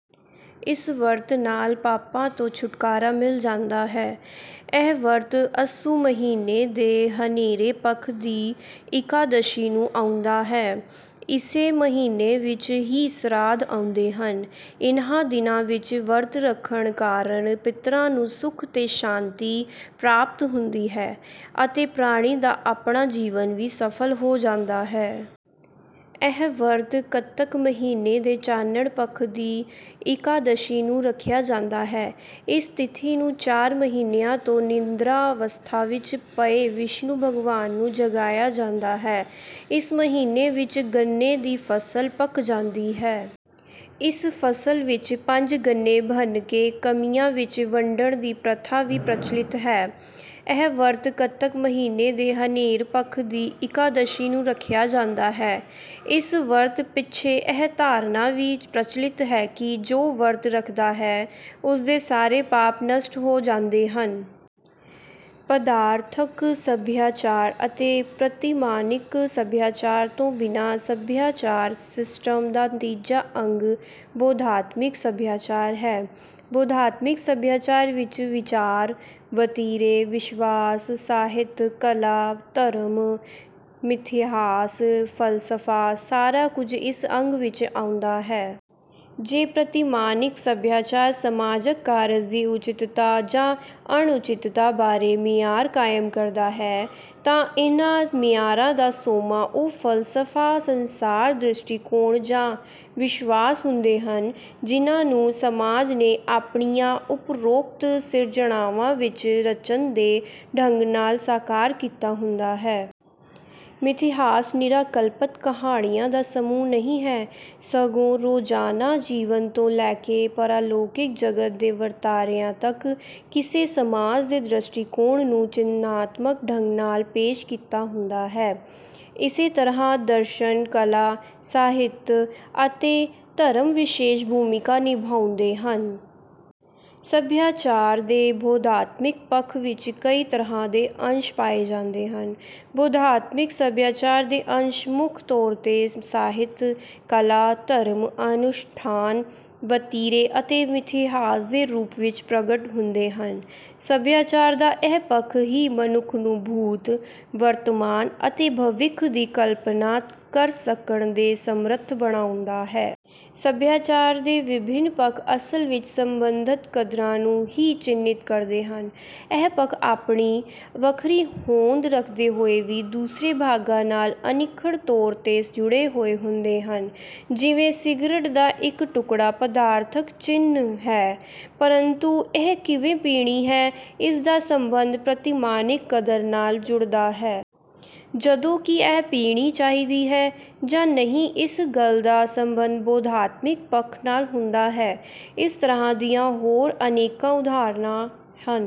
ਇਸ ਵਰਤ ਨਾਲ ਪਾਪਾਂ ਤੋਂ ਛੁਟਕਾਰਾ ਮਿਲ ਜਾਂਦਾ ਹੈ। ਇਹ ਵਰਤ ਅੱਸੂ ਮਹੀਨੇ ਦੇ ਹਨੇਰੇ ਪੱਖ ਦੀ ਇਕਾਦਸ਼ੀ ਨੂੰ ਆਉਂਦਾ ਹੈ। ਇਸੇ ਮਹੀਨੇ ਵਿੱਚ ਹੀ ਸਰਾਧ ਆਉਂਦੇ ਹਨ। ਇਹਨਾਂ ਦਿਨਾਂ ਵਿੱਚ ਵਰਤ ਰੱਖਣ ਕਾਰਨ ਪਿੱਤਰਾਂ ਨੂੰ ਸੁਖ ਤੇ ਸ਼ਾਂਤੀ ਪ੍ਰਾਪਤ ਹੁੰਦੀ ਹੈ ਅਤੇ ਪ੍ਰਾਣੀ ਦਾ ਆਪਣਾ ਜੀਵਨ ਵੀ ਸਫਲ ਹੋ ਜਾਂਦਾ ਹੈ। ਇਹ ਵਰਤ ਕੱਤਕ ਮਹੀਨੇ ਦੇ ਚਾਨਣ ਪੱਖ ਦੀ ਇਕਾਦਸ਼ੀ ਨੂੰ ਰੱਖਿਆ ਜਾਂਦਾ ਹੈ। ਇਸ ਤਿਥੀ ਨੂੰ ਚਾਰ ਮਹੀਨਿਆਂ ਤੋਂ ਨਿੰਦਰਾਂ ਅਵਸਥਾ ਵਿੱਚ ਪਏ ਵਿਸ਼ਨੂੰ ਭਗਵਾਨ ਨੂੰ ਜਗਾਇਆ ਜਾਂਦਾ ਹੈ। ਇਸ ਮਹੀਨੇ ਵਿੱਚ ਗੰਨੇ ਦੀ ਫਸਲ ਪੱਕ ਜਾਂਦੀ ਹੈ। ਇਸ ਫਸਲ ਵਿੱਚ ਪੰਜ ਗੰਨੇ ਭੰਨ ਕੇ ਕਮੀਆਂ ਵਿੱਚ ਵੰਡਣ ਦੀ ਪ੍ਰਥਾ ਵੀ ਪ੍ਰਚਲਿਤ ਹੈ। ਇਹ ਵਰਤ ਕੱਤਕ ਮਹੀਨੇ ਦੇ ਹਨੇਰ ਪੱਖ ਦੀ ਇਕਾਦਸ਼ੀ ਨੂੰ ਰੱਖਿਆ ਜਾਂਦਾ ਹੈ। ਇਸ ਵਰਤ ਪਿੱਛੇ ਇਹ ਧਾਰਨਾ ਵੀ ਪ੍ਰਚਲਿਤ ਹੈ ਕਿ ਜੋ ਵਰਤ ਰੱਖਦਾ ਹੈ ਉਸਦੇ ਸਾਰੇ ਪਾਪ ਨਸ਼ਟ ਹੋ ਜਾਂਦੇ ਹਨ। ਪਦਾਰਥਕ ਸਭਿਆਚਾਰ ਅਤੇ ਪ੍ਰਤਿਮਾਨਿਕ ਸਭਿਆਚਾਰ ਤੋਂ ਬਿਨਾਂ ਸਭਿਆਚਾਰ ਸਿਸਟਮ ਦਾ ਤੀਜਾ ਅੰਗ ਬੋਧਾਤਮਿਕ ਸਭਿਆਚਾਰ ਹੈ। ਬੋਧਾਤਮਿਕ ਸਭਿਆਚਾਰ ਵਿੱਚ ਵਿਚਾਰ, ਵਤੀਰੇ, ਵਿਸ਼ਵਾਸ, ਸਾਹਿਤ, ਕਲਾ, ਧਰਮ, ਮਿਥਿਹਾਸ, ਫ਼ਲਸਫ਼ਾ ਸਾਰਾ ਕੁਝ ਇਸ ਅੰਗ ਵਿੱਚ ਆਉਂਦਾ ਹੈ। ਜੇ ਪ੍ਰਤਿਮਾਨਿਕ ਸਭਿਆਚਾਰ ਸਮਾਜਕ ਕਾਰਜ ਦੀ ਉਚਿਤਤਾ ਜਾਂ ਅਣਉਚਿਤਤਾ ਬਾਰੇ ਮਿਆਰ ਕਾਇਮ ਕਰਦਾ ਹੈ ਤਾਂ ਇਹਨਾਂ ਮਿਆਰਾਂ ਦਾ ਸੋਮਾ ਉਹ ਫ਼ਲਸਫ਼ਾ, ਸੰਸਾਰ ਦ੍ਰਿਸ਼ਟੀਕੋਣ ਜਾਂ ਵਿਸ਼ਵਾਸ ਹੁੰਦੇ ਹਨ ਜਿਹਨਾਂ ਨੂੰ ਸਮਾਜ ਨੇ ਆਪਣੀਆਂ ਉੱਪਰੋਕਤ ਸਿਰਜਣਾਵਾਂ ਵਿੱਚ ਰਚਨ ਦੇ ਢੰਗ ਨਾਲ ਸਾਕਾਰ ਕੀਤਾ ਹੁੰਦਾ ਹੈ। ਮਿਥਿਹਾਸ ਨਿਰਾ ਕਲਪਤ ਕਹਾਣੀਆਂ ਦਾ ਸਮੂਹ ਨਹੀਂ ਹੈ ਸਗੋਂ ਰੋਜ਼ਾਨਾ ਜੀਵਨ ਤੋਂ ਲੈ ਕੇ ਪਰਾਲੌਕਿਕ ਜਗਤ ਦੇ ਵਰਤਾਰਿਆਂ ਤੱਕ ਕਿਸੇ ਸਮਾਜ ਦੇ ਦ੍ਰਿਸ਼ਟੀਕੋਣ ਨੂੰ ਚਿੰਨ੍ਹਾਤਮਕ ਢੰਗ ਨਾਲ ਪੇਸ਼ ਕੀਤਾ ਹੁੰਦਾ ਹੈ। ਇਸੇ ਤਰ੍ਹਾਂ ਦਰਸ਼ਨ, ਕਲਾ, ਸਾਹਿਤ ਅਤੇ ਧਰਮ ਵਿਸ਼ੇਸ਼ ਭੂਮਿਕਾ ਨਿਭਾਉਂਦੇ ਹਨ। ਸਭਿਆਚਾਰ ਦੇ ਬੋਧਾਤਮਿਕ ਪੱਖ ਵਿੱਚ ਕਈ ਤਰ੍ਹਾਂ ਦੇ ਅੰਸ਼ ਪਾਏ ਜਾਂਦੇ ਹਨ। ਬੋਧਾਤਮਿਕ ਸਭਿਆਚਾਰ ਦੇ ਅੰਸ਼ ਮੁੱਖ ਤੌਰ 'ਤੇ ਸਾਹਿਤ, ਕਲਾ, ਧਰਮ, ਅਨੁਸ਼ਠਾਨ, ਵਤੀਰੇ ਅਤੇ ਮਿਥਿਹਾਸ ਦੇ ਰੂਪ ਵਿੱਚ ਪ੍ਰਗਟ ਹੁੰਦੇ ਹਨ। ਸਭਿਆਚਾਰ ਦਾ ਇਹ ਪੱਖ ਹੀ ਮਨੁੱਖ ਨੂੰ ਭੂਤ, ਵਰਤਮਾਨ ਅਤੇ ਭਵਿੱਖ ਦੀ ਕਲਪਨਾ ਕਰ ਸਕਣ ਦੇ ਸਮਰੱਥ ਬਣਾਉਂਦਾ ਹੈ। ਸਭਿਆਚਾਰ ਦੇ ਵਿਭਿੰਨ ਪੱਖ ਅਸਲ ਵਿੱਚ ਸੰਬੰਧਤ ਕਦਰਾਂ ਨੂੰ ਹੀ ਚਿੰਨ੍ਹਿਤ ਕਰਦੇ ਹਨ। ਇਹ ਪੱਖ ਆਪਣੀ ਵੱਖਰੀ ਹੋਂਦ ਰੱਖਦੇ ਹੋਏ ਵੀ ਦੂਸਰੇ ਭਾਗਾਂ ਨਾਲ ਅਨਿੱਖੜ ਤੌਰ 'ਤੇ ਜੁੜੇ ਹੋਏ ਹੁੰਦੇ ਹਨ। ਜਿਵੇਂ ਸਿਗਰਟ ਦਾ ਇੱਕ ਟੁਕੜਾ ਪਦਾਰਥਕ ਚਿੰਨ੍ਹ ਹੈ, ਪਰੰਤੂ ਇਹ ਕਿਵੇਂ ਪੀਣੀ ਹੈ ਇਸ ਦਾ ਸੰਬੰਧ ਪ੍ਰਤਿਮਾਨਿਕ ਕਦਰ ਨਾਲ ਜੁੜਦਾ ਹੈ। ਜਦੋਂ ਕਿ ਇਹ ਪੀਣੀ ਚਾਹੀਦੀ ਹੈ ਜਾਂ ਨਹੀਂ ਇਸ ਗੱਲ ਦਾ ਸੰਬੰਧ ਬੋਧਾਤਮਿਕ ਪੱਖ ਨਾਲ ਹੁੰਦਾ ਹੈ। ਇਸ ਤਰ੍ਹਾਂ ਦੀਆਂ ਹੋਰ ਅਨੇਕਾਂ ਉਦਾਹਰਨਾਂ ਹਨ।